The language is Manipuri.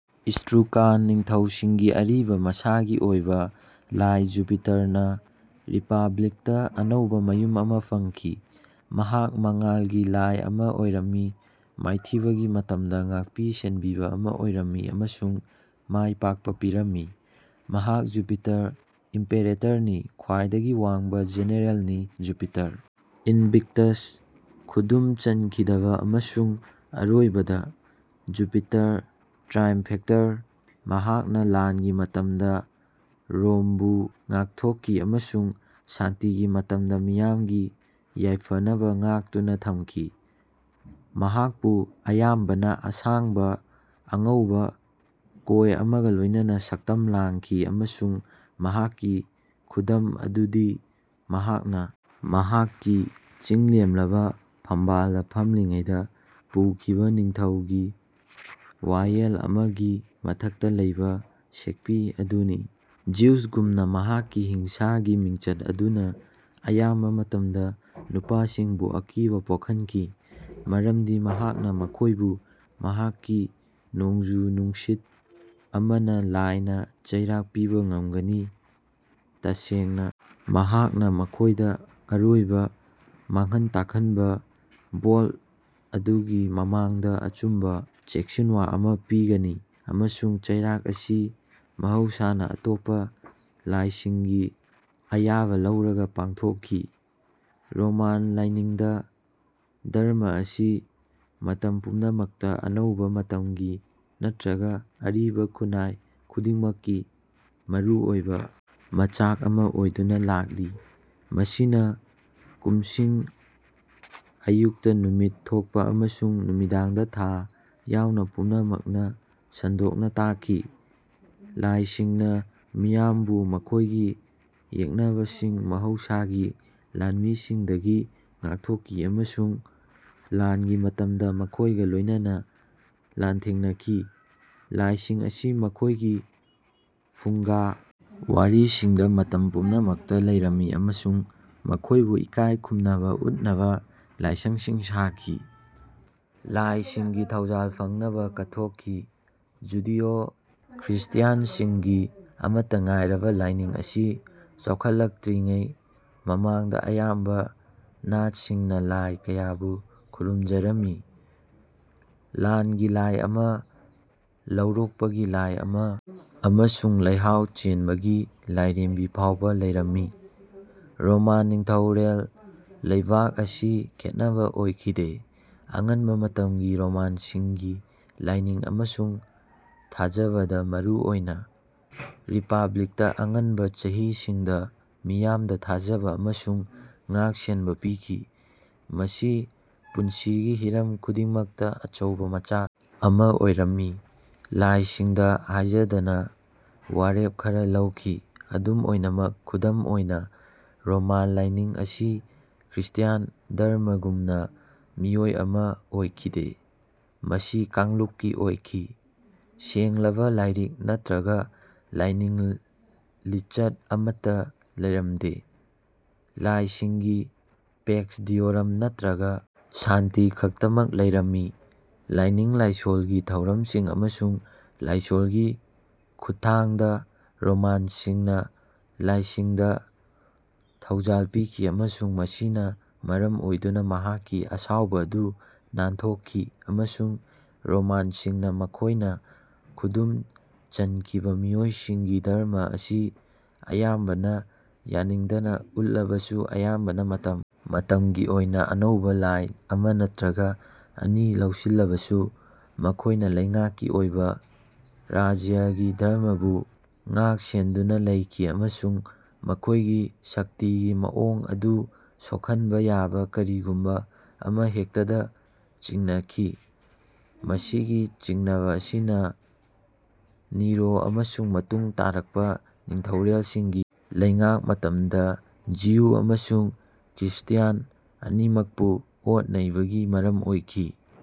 ꯏꯁꯇ꯭ꯔꯨꯀꯥꯟ ꯅꯤꯡꯊꯧꯁꯤꯡꯒꯤ ꯑꯔꯤꯕ, ꯃꯁꯥꯒꯤ ꯑꯣꯏꯕ ꯂꯥꯏ ꯖꯨꯄꯤꯇꯔꯅ ꯔꯤꯄꯕ꯭ꯂꯤꯛꯇ ꯑꯅꯧꯕ ꯃꯌꯨꯝ ꯑꯃ ꯐꯪꯈꯤ꯫ ꯃꯍꯥꯛ ꯃꯉꯥꯜꯒꯤ ꯂꯥꯏ ꯑꯃ ꯑꯣꯏꯔꯝꯃꯤ, ꯃꯥꯏꯊꯤꯕꯒꯤ ꯃꯇꯝꯗ ꯉꯥꯛꯄꯤ ꯁꯦꯟꯕꯤꯕ ꯑꯃ ꯑꯣꯏꯔꯝꯃꯤ ꯑꯃꯁꯨꯡ ꯃꯥꯏꯄꯥꯛꯄ ꯄꯤꯔꯝꯃꯤ꯫ ꯃꯍꯥꯛ ꯖꯨꯄꯤꯇꯔ ꯏꯝꯄꯦꯔꯦꯇꯔꯅꯤ, ꯈ꯭ꯋꯥꯏꯗꯒꯤ ꯋꯥꯡꯕ ꯖꯦꯅꯔꯦꯜꯅꯤ; ꯖꯨꯄꯤꯇꯔ ꯏꯟꯚꯤꯛꯇꯁ, ꯈꯨꯗꯨꯝ ꯆꯟꯈꯤꯗꯕ ꯑꯃꯁꯨꯡ ꯑꯔꯣꯏꯕꯗ, ꯖꯨꯄꯤꯇꯔ ꯇ꯭ꯔꯥꯏꯝꯐꯦꯇꯔ꯫ ꯃꯍꯥꯛꯅ ꯂꯥꯟꯒꯤ ꯃꯇꯝꯗ ꯔꯣꯝꯕꯨ ꯉꯥꯛꯊꯣꯛꯈꯤ ꯑꯃꯁꯨꯡ ꯁꯥꯟꯇꯤꯒꯤ ꯃꯇꯝꯗ ꯃꯤꯌꯥꯝꯒꯤ ꯌꯥꯏꯐꯅꯕ ꯉꯥꯛꯇꯨꯅ ꯊꯝꯈꯤ꯫ ꯃꯍꯥꯛꯄꯨ ꯑꯌꯥꯝꯕꯅ ꯑꯁꯥꯡꯕ, ꯑꯉꯧꯕ ꯀꯣꯏ ꯑꯃꯒ ꯂꯣꯏꯅꯅ ꯁꯛꯇꯝ ꯂꯥꯡꯈꯤ, ꯑꯃꯁꯨꯡ ꯃꯍꯥꯛꯀꯤ ꯈꯨꯗꯝ ꯑꯗꯨꯗꯤ ꯃꯍꯥꯛꯅ ꯃꯍꯥꯛꯀꯤ ꯆꯤꯡꯂꯦꯝꯂꯕ ꯐꯝꯕꯥꯜꯗ ꯐꯝꯂꯤꯉꯩꯗ ꯄꯨꯈꯤꯕ ꯅꯤꯡꯊꯧꯒꯤ ꯋꯥꯌꯦꯜ ꯑꯃꯒꯤ ꯃꯊꯛꯇ ꯂꯩꯕ ꯁꯦꯛꯄꯤ ꯑꯗꯨꯅꯤ꯫ ꯖ꯭ꯌꯨꯁꯒꯨꯝꯅ, ꯃꯍꯥꯛꯀꯤ ꯍꯤꯡꯁꯥꯒꯤ ꯃꯤꯡꯆꯠ ꯑꯗꯨꯅ ꯑꯌꯥꯝꯕ ꯃꯇꯝꯗ ꯅꯨꯄꯥꯁꯤꯡꯕꯨ ꯑꯀꯤꯕ ꯄꯣꯛꯍꯟꯈꯤ ꯃꯔꯝꯗꯤ ꯃꯍꯥꯛꯅ ꯃꯈꯣꯏꯕꯨ ꯃꯍꯥꯛꯀꯤ ꯅꯣꯡꯖꯨ-ꯅꯨꯡꯁꯤꯠ ꯑꯃꯅ ꯂꯥꯏꯅ ꯆꯩꯔꯥꯛ ꯄꯤꯕ ꯉꯝꯒꯅꯤ꯫ ꯇꯁꯦꯡꯅ, ꯃꯍꯥꯛꯅ ꯃꯈꯣꯏꯗ ꯑꯔꯣꯏꯕ, ꯃꯥꯡꯍꯟ-ꯇꯥꯛꯍꯟꯕ ꯕꯣꯜꯠ ꯑꯗꯨꯒꯤ ꯃꯃꯥꯡꯗ ꯑꯆꯨꯝꯕ ꯆꯦꯛꯁꯤꯟꯋꯥ ꯑꯃ ꯄꯤꯒꯅꯤ, ꯑꯃꯁꯨꯡ ꯆꯩꯔꯥꯛ ꯑꯁꯤ ꯃꯍꯧꯁꯥꯅ ꯑꯇꯣꯞꯄ ꯂꯥꯏꯁꯤꯡꯒꯤ ꯑꯌꯥꯕ ꯂꯧꯔꯒ ꯄꯥꯡꯊꯣꯛꯈꯤ꯫ ꯔꯣꯃꯥꯟ ꯂꯥꯏꯅꯤꯡꯗ ꯙꯔꯃꯥ ꯑꯁꯤ ꯃꯇꯝ ꯄꯨꯝꯅꯃꯛꯇ ꯑꯅꯧꯕ ꯃꯇꯝꯒꯤ ꯅꯠꯇ꯭ꯔꯒ ꯑꯔꯤꯕ ꯈꯨꯟꯅꯥꯏ ꯈꯨꯗꯤꯡꯃꯛꯀꯤ ꯃꯔꯨꯑꯣꯏꯕ ꯃꯆꯥꯛ ꯑꯃ ꯑꯣꯏꯗꯨꯅ ꯂꯥꯛꯂꯤ꯫ ꯃꯁꯤꯅ ꯀꯨꯝꯁꯤꯡ, ꯑꯌꯨꯛꯇ ꯅꯨꯃꯤꯠ ꯊꯣꯛꯄ ꯑꯃꯁꯨꯡ ꯅꯨꯃꯤꯗꯥꯡꯗ ꯊꯥ ꯌꯥꯎꯅ ꯄꯨꯝꯅꯃꯛ ꯁꯟꯗꯣꯛꯅ ꯇꯥꯛꯈꯤ꯫ ꯂꯥꯏꯁꯤꯡꯅ ꯃꯤꯌꯥꯝꯕꯨ ꯃꯈꯣꯏꯒꯤ ꯌꯦꯛꯅꯕꯁꯤꯡ, ꯃꯍꯧꯁꯥꯒꯤ ꯂꯥꯟꯃꯤꯁꯤꯡꯗꯒꯤ ꯉꯥꯛꯊꯣꯛꯈꯤ ꯑꯃꯁꯨꯡ ꯂꯥꯟꯒꯤ ꯃꯇꯝꯗ ꯃꯈꯣꯏꯒ ꯂꯣꯏꯅꯅ ꯂꯥꯟꯊꯦꯡꯅꯈꯤ꯫ ꯂꯥꯏꯁꯤꯡ ꯑꯁꯤ ꯃꯈꯣꯏꯒꯤ ꯐꯨꯡꯒꯥ ꯋꯥꯔꯤꯁꯤꯡꯗ ꯃꯇꯝ ꯄꯨꯝꯅꯃꯛꯇ ꯂꯩꯔꯝꯃꯤ ꯑꯃꯁꯨꯡ ꯃꯈꯣꯏꯕꯨ ꯏꯀꯥꯏ ꯈꯨꯝꯅꯕ ꯎꯠꯅꯕ ꯂꯥꯏꯁꯪꯁꯤꯡ ꯁꯥꯈꯤ꯫ ꯂꯥꯏꯁꯤꯡꯒꯤ ꯊꯧꯖꯥꯜ ꯐꯪꯅꯕ ꯀꯠꯊꯣꯛꯈꯤ꯫ ꯖꯨꯗꯤꯑꯣ-ꯈ꯭ꯔꯤꯁꯇ꯭ꯌꯥꯟꯁꯤꯡꯒꯤ ꯑꯃꯠꯇ ꯉꯥꯏꯔꯕ ꯂꯥꯏꯅꯤꯡ ꯑꯁꯤ ꯆꯥꯎꯈꯠꯂꯛꯇ꯭ꯔꯤꯉꯩ ꯃꯃꯥꯡꯗ ꯑꯌꯥꯝꯕ ꯅꯥꯠꯁꯤꯡꯅ ꯂꯥꯏ ꯀꯌꯥꯕꯨ ꯈꯨꯔꯨꯝꯖꯔꯝꯃꯤ꯫ ꯂꯥꯟꯒꯤ ꯂꯥꯏ ꯑꯃ, ꯂꯧꯔꯣꯛꯄꯒꯤ ꯂꯥꯏ ꯑꯃ ꯑꯃꯁꯨꯡ ꯂꯩꯍꯥꯎ ꯆꯦꯟꯕꯒꯤ ꯂꯥꯏꯔꯦꯝꯕꯤ ꯐꯥꯎꯕ ꯂꯩꯔꯝꯃꯤ꯫ ꯔꯣꯃꯥꯟ ꯅꯤꯡꯊꯧꯔꯦꯜ ꯂꯩꯕꯥꯛ ꯑꯁꯤ ꯈꯦꯠꯅꯕ ꯑꯣꯏꯈꯤꯗꯦ꯫ ꯑꯉꯟꯕ ꯃꯇꯝꯒꯤ ꯔꯣꯃꯥꯟꯁꯤꯡꯒꯤ ꯂꯥꯏꯅꯤꯡ ꯑꯃꯁꯨꯡ ꯊꯥꯖꯕꯗ, ꯃꯔꯨꯑꯣꯏꯅ ꯔꯤꯄꯕ꯭ꯂꯤꯛꯀꯤ ꯑꯉꯟꯕ ꯆꯍꯤꯁꯤꯡꯗ, ꯃꯤꯌꯥꯝꯗ ꯊꯥꯖꯕ ꯑꯃꯁꯨꯡ ꯉꯥꯛ-ꯁꯦꯟꯕ ꯄꯤꯈꯤ꯫ ꯃꯁꯤ ꯄꯨꯟꯁꯤꯒꯤ ꯍꯤꯔꯝ ꯈꯨꯗꯤꯡꯃꯛꯇ ꯑꯆꯧꯕ ꯃꯆꯥꯛ ꯑꯃ ꯑꯣꯏꯔꯝꯃꯤ; ꯂꯥꯏꯁꯤꯡꯗ ꯍꯥꯏꯖꯗꯅ ꯋꯥꯔꯦꯞ ꯈꯔ ꯂꯧꯈꯤ꯫ ꯑꯗꯨꯝ ꯑꯣꯏꯅꯃꯛ, ꯈꯨꯗꯝ ꯑꯣꯏꯅ, ꯔꯣꯃꯥꯟ ꯂꯥꯏꯅꯤꯡ ꯑꯁꯤ ꯈ꯭ꯔꯤꯁꯇ꯭ꯌꯥꯟ ꯙꯔꯃꯥꯒꯨꯝꯅ ꯃꯤꯑꯣꯏ ꯑꯃ ꯑꯣꯏꯈꯤꯗꯦ; ꯃꯁꯤ ꯀꯥꯡꯂꯨꯞꯀꯤ ꯑꯣꯏꯈꯤ꯫ ꯁꯦꯡꯂꯕ ꯂꯥꯏꯔꯤꯛ ꯅꯠꯇ꯭ꯔꯒ ꯂꯥꯏꯅꯤꯡ ꯂꯤꯆꯠ ꯑꯃꯠꯇ ꯂꯩꯔꯝꯗꯦ; ꯂꯥꯏꯁꯤꯡꯒꯤ ꯄꯦꯛꯁ ꯗꯤꯑꯣꯔꯝ ꯅꯠꯇ꯭ꯔꯒ ꯁꯥꯟꯇꯤ ꯈꯛꯇꯃꯛ ꯂꯩꯔꯝꯃꯤ꯫ ꯂꯥꯏꯅꯤꯡ-ꯂꯥꯏꯁꯣꯜꯒꯤ ꯊꯧꯔꯝꯁꯤꯡ ꯑꯃꯁꯨꯡ ꯂꯥꯏꯁꯣꯜꯒꯤ ꯈꯨꯠꯊꯥꯡꯗ, ꯔꯣꯃꯥꯟꯁꯤꯡꯅ ꯂꯥꯏꯁꯤꯡꯗ ꯊꯧꯖꯥꯜ ꯄꯤꯈꯤ ꯑꯃꯁꯨꯡ ꯃꯁꯤꯅ ꯃꯔꯝ ꯑꯣꯏꯗꯨꯅ ꯃꯍꯥꯛꯀꯤ ꯑꯁꯥꯎꯕ ꯑꯗꯨ ꯅꯥꯟꯊꯣꯛꯈꯤ꯫ ꯑꯃꯁꯨꯡ, ꯔꯣꯃꯥꯟꯁꯤꯡꯅ ꯃꯈꯣꯏꯅ ꯈꯨꯗꯨꯝ ꯆꯟꯈꯤꯕ ꯃꯤꯑꯣꯏꯁꯤꯡꯒꯤ ꯙꯔꯃꯥ ꯑꯁꯤ ꯑꯌꯥꯝꯕꯅ ꯌꯥꯅꯤꯡꯗꯕ ꯎꯠꯂꯕꯁꯨ ꯑꯌꯥꯝꯕꯅ ꯃꯇꯝ ꯃꯇꯝꯒꯤ ꯑꯣꯏꯅ ꯑꯅꯧꯕ ꯂꯥꯏ ꯑꯃ ꯅꯠꯇ꯭ꯔꯒ ꯑꯅꯤ ꯂꯧꯁꯤꯜꯂꯕꯁꯨ, ꯃꯈꯣꯏꯅ ꯂꯩꯉꯥꯛꯀꯤ ꯑꯣꯏꯕ ꯔꯥꯖ꯭ꯌꯒꯤ ꯙꯔꯃꯥꯕꯨ ꯉꯥꯛꯁꯦꯟꯗꯨꯅ ꯂꯩꯈꯤ ꯑꯃꯁꯨꯡ ꯃꯈꯣꯏꯒꯤ ꯁꯛꯇꯤꯒꯤ ꯃꯑꯣꯡ ꯑꯗꯨ ꯁꯣꯛꯍꯟꯕ ꯌꯥꯕ ꯀꯔꯤꯒꯨꯝꯕ ꯑꯃꯍꯦꯛꯇꯗ ꯆꯤꯡꯅꯈꯤ꯫ ꯃꯁꯤꯒꯤ ꯆꯤꯡꯅꯕ ꯑꯁꯤꯅ ꯅꯤꯔꯣ ꯑꯃꯁꯨꯡ ꯃꯇꯨꯡ ꯇꯥꯔꯛꯄ ꯅꯤꯡꯊꯧꯔꯦꯜꯁꯤꯡꯒꯤ ꯂꯩꯉꯥꯛ ꯃꯇꯝꯗ ꯖꯤꯌꯨ ꯑꯃꯁꯨꯡ ꯈ꯭ꯔꯤꯁꯇ꯭ꯌꯥꯟ ꯑꯅꯤꯃꯛꯄꯨ ꯑꯣꯠ-ꯅꯩꯕꯒꯤ ꯃꯔꯝ ꯑꯣꯏꯈꯤ꯫ ꯫